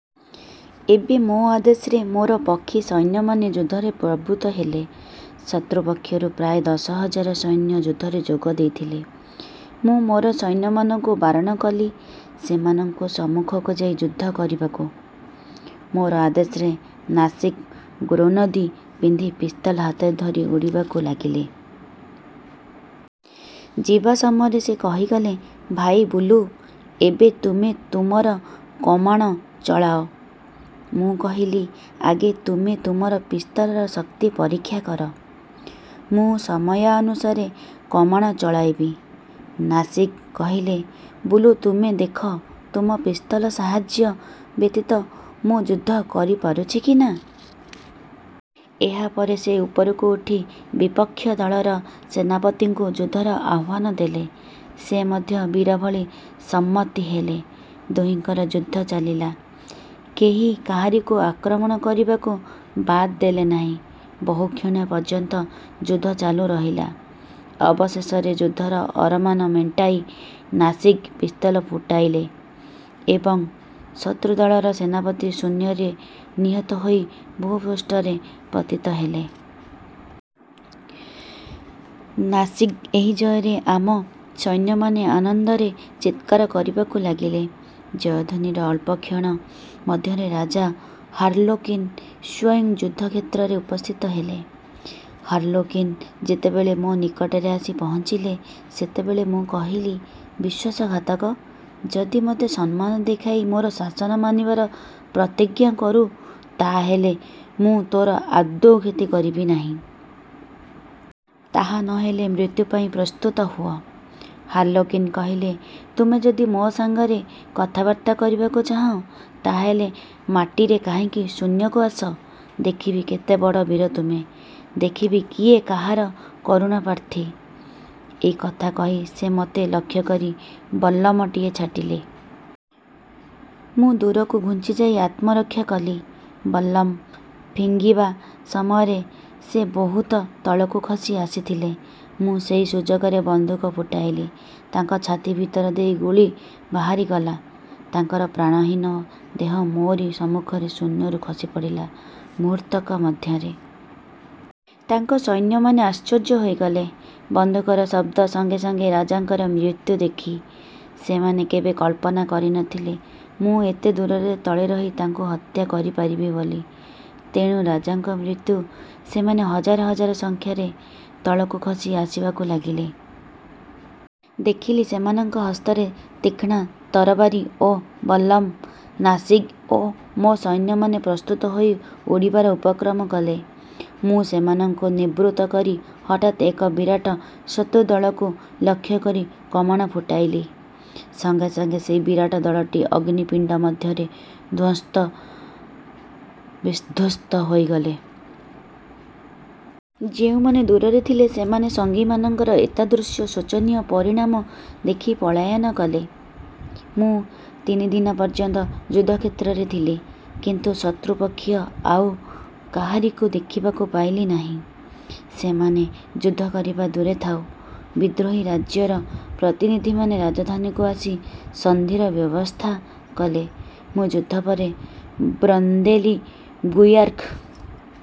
ଏବେ ମୋ ଆଦେଶରେ ମୋର ପକ୍ଷୀ ସୈନ୍ୟମାନେ ଯୁଦ୍ଧରେ ପ୍ରବୃତ୍ତ ହେଲେ। ଶତ୍ରୁପକ୍ଷରୁ ପ୍ରାୟ ଦଶ ହଜାର ସୈନ୍ୟ ଯୁଦ୍ଧରେ ଯୋଗ ଦେଇଥିଲେ। ମୁଁ ମୋର ସୈନ୍ୟମାନଙ୍କୁ ବାରଣ କଲି ସେମାନଙ୍କ ସମ୍ମୁଖକୁ ଯାଇ ଯୁଦ୍ଧ କରିବାକୁ। ମୋର ଆଦେଶରେ ନାସିଗ୍ ଗ୍ରୌନଦି ପିନ୍ଧି ପିସ୍ତଲ ହାତରେ ଧରି ଉଡ଼ିବାକୁ ଲାଗିଲେ। ଯିବା ସମୟରେ ସେ କହିଗଲେ, ଭାଇ ବୁଲୁ! ଏବେ ତୁମେ ତୁମର କମାଣ ଚଳାଅ। ମୁଁ କହିଲି, ଆଗେ ତୁମେ ତୁମର ପିସ୍ତଲର ଶକ୍ତି ପରୀକ୍ଷା କର। ମୁଁ ସମୟାନୁସାରେ କମାଣ ଚଳାଇବି। ନାସିଗ୍ କହିଲେ-ବୁଲୁ ତୁମେ ଦେଖ ତୁମ ପିସ୍ତଲ ସାହାଯ୍ୟ ବ୍ୟତୀତ ମୁଁ ଯୁଦ୍ଧ କରିପାରୁଛି କି ନା? ଏହାପରେ ସେ ଉପରକୁ ଉଠି ବିପକ୍ଷ ଦଳର ସେନାପତିଙ୍କୁ ଯୁଦ୍ଧର ଆହ୍ୱାନ ଦେଲେ। ସେ ମଧ୍ୟ ବୀରଭଳି ସମ୍ମତି ହେଲେ। ଦୁହିଁଙ୍କର ଯୁଦ୍ଧ ଚାଲିଲା। କେହି କାହାରିକୁ ଆକ୍ରମଣ କରିବାକୁ ବାଦ ଦେଲେ ନାହିଁ। ବହୁକ୍ଷଣ ପର୍ଯ୍ୟନ୍ତ ଯୁଦ୍ଧ ଚାଲୁ ରହିଲା। ଅବଶେଷରେ ଯୁଦ୍ଧର ଅରମାନ ମେଣ୍ଟାଇ ନାସିଗ୍ ପିସ୍ତଲ ପୁଟାଇଲେ ଏବଂ ଶତ୍ରୁଦଳର ସେନାପତି ଶୂନ୍ୟରେ ନିହତ ହୋଇ ଭୂପୃଷ୍ଠରେ ପତିତ ହେଲେ। ନାସିଗ୍ଙ୍କ ଏହି ଜୟରେ ଆମ ସୈନ୍ୟମାନେ ଆନନ୍ଦରେ ଚିତ୍କାର କରିବାକୁ ଲାଗିଲେ। ଜୟଧ୍ୱନିର ଅଳ୍ପକ୍ଷଣ ମଧ୍ୟରେ ରାଜା ହାର୍ଲୋକିନ ସ୍ୱୟଂ ଯୁଦ୍ଧକ୍ଷେତ୍ରରେ ଉପସ୍ଥିତ ହେଲେ। ହାର୍ଲୋକିନ ଯେତେବେଳେ ମୋ ନିକଟରେ ଆସି ପହଞ୍ଚିଲେ, ସେତେବେଳେ ମୁଁ କହିଲି, ''ବିଶ୍ୱାସଘାତକ! ଯଦି ମୋତେ ସମ୍ମାନ ଦେଖାଇ ମୋର ଶାସନ ମାନିବାର ପ୍ରତିଜ୍ଞା କରୁ ତାହାହେଲେ ମୁଁ ତୋର ଆଦୌ କ୍ଷତି କରିବି ନାହିଁ। ତାହା ନ ହେଲେ ମୃତ୍ୟୁପାଇଁ ପ୍ରସ୍ତୁତ ହୁଅ। '' ହାର୍ଲୋକିନ କହିଲେ, ''ତୁମେ ଯଦି ମୋ ସଙ୍ଗରେ କଥାବାର୍ତ୍ତା କରିବାକୁ ଚାହଁ, ତାହାହେଲେ ମାଟିରେ କାହିଁକି, ଶୂନ୍ୟକୁ ଆସ। ଦେଖିବି କେତେ ବଡ଼ ବୀର ତୁମେ। ଦେଖିବି କିଏ କାହାର କରୁଣାପ୍ରାର୍ଥୀ। '' ଏଇ କଥା କହି ସେ ମୋତେ ଲକ୍ଷ୍ୟ କରି ବଲ୍ଲମଟିଏ ଛାଟିଲେ। ମୁଁ ଦୂରକୁ ଘୁଞ୍ଚିଯାଇ ଆତ୍ମରକ୍ଷା କଲି। ବଲ୍ଲମ ଫିଙ୍ଗିବା ସମୟରେ ସେ ବହୁତ ତଳକୁ ଖସି ଆସିଥିଲେ। ମୁଁ ସେଇ ସୁଯୋଗରେ ବନ୍ଧୁକ ଫୁଟାଇଲି। ତାଙ୍କ ଛାତି ଭିତର ଦେଇ ଗୁଳି ବାହାରିଗଲା। ତାଙ୍କର ପ୍ରାଣହୀନ ଦେହ ମୋରି ସମ୍ମୁଖରେ ଶୂନ୍ୟରୁ ଖସିପଡ଼ିଲା ମୁହୂର୍ତ୍ତକ ମଧ୍ୟରେ। ତାଙ୍କ ସୈନ୍ୟମାନେ ଆଶ୍ଚର୍ଯ୍ୟ ହୋଇଗଲେ ବନ୍ଧୁକର ଶବ୍ଦ ସଙ୍ଗେ ସଙ୍ଗେ ରଜାଙ୍କର ମୃତ୍ୟୁ ଦେଖି। ସେମାନେ କେବେ କଳ୍ପନା କରିନଥିଲେ ମୁଁ ଏତେ ଦୂରରେ ତଳେ ରହି ତାଙ୍କୁ ହତ୍ୟା କରିପାରିବି ବୋଲି। ତେଣୁ ରଜାଙ୍କ ମୃତ୍ୟୁ ସେମାନେ ହଜାର ହଜାର ସଂଖ୍ୟାରେ ତଳକୁ ଖସି ଆସିବାକୁ ଲାଗିଲେ। ଦେଖିଲି ସେମାନଙ୍କ ହସ୍ତରେ ତୀକ୍ଷ୍ଣ ତରବାରୀ ଓ ବଲ୍ଲମ। ନାସିଗ୍ ଓ ମୋ ସୈନ୍ୟମାନେ ପ୍ରସ୍ତୁତ ହୋଇ ଉଡ଼ିବାର ଉପକ୍ରମ କଲେ। ମୁଁ ସେମାନଙ୍କୁ ନିବୃତ୍ତ କରି ହଠାତ୍ ଏକ ବିରାଟ ଶତ୍ରୁଦଳକୁ ଲକ୍ଷ୍ୟ କରି କମାଣ ଫୁଟାଇଲି। ସଙ୍ଗେ ସଙ୍ଗେ ସେହି ବିରାଟ ଦଳଟି ଅଗ୍ନି ପିଣ୍ଡ ମଧ୍ୟରେ ଧ୍ୱସ୍ତବିଧ୍ୱସ୍ତ ହୋଇଗଲେ। ଯେଉଁମାନେ ଦୂରରେ ଥିଲେ ସେମାନେ ସଙ୍ଗୀମାନଙ୍କର ଏତାଦୃଶ ଶୋଚନୀୟ ପରିଣାମ ଦେଖି ପଳାୟନ କଲେ। ମୁଁ ତିନିଦିନ ପର୍ଯ୍ୟନ୍ତ ଯୁଦ୍ଧକ୍ଷେତ୍ରରେ ଥିଲି, କିନ୍ତୁ ଶତ୍ରୁପକ୍ଷୀୟ ଆଉ କାହାରିକୁ ଦେଖିବାକୁ ପାଇଲି ନାହିଁ। ସେମାନେ ଯୁଦ୍ଧ କରିବା ଦୂରେ ଥାଉ; ବିଦ୍ରୋହୀ ରାଜ୍ୟର ପ୍ରତିନିଧିମାନେ ରାଜଧାନୀକୁ ଆସି ସନ୍ଧିର ବ୍ୟବସ୍ଥା କଲେ। ମୁଁ ଯୁଦ୍ଧ ପରେ ବ୍ରନ୍ଦେଲିଗୁୟାର୍କ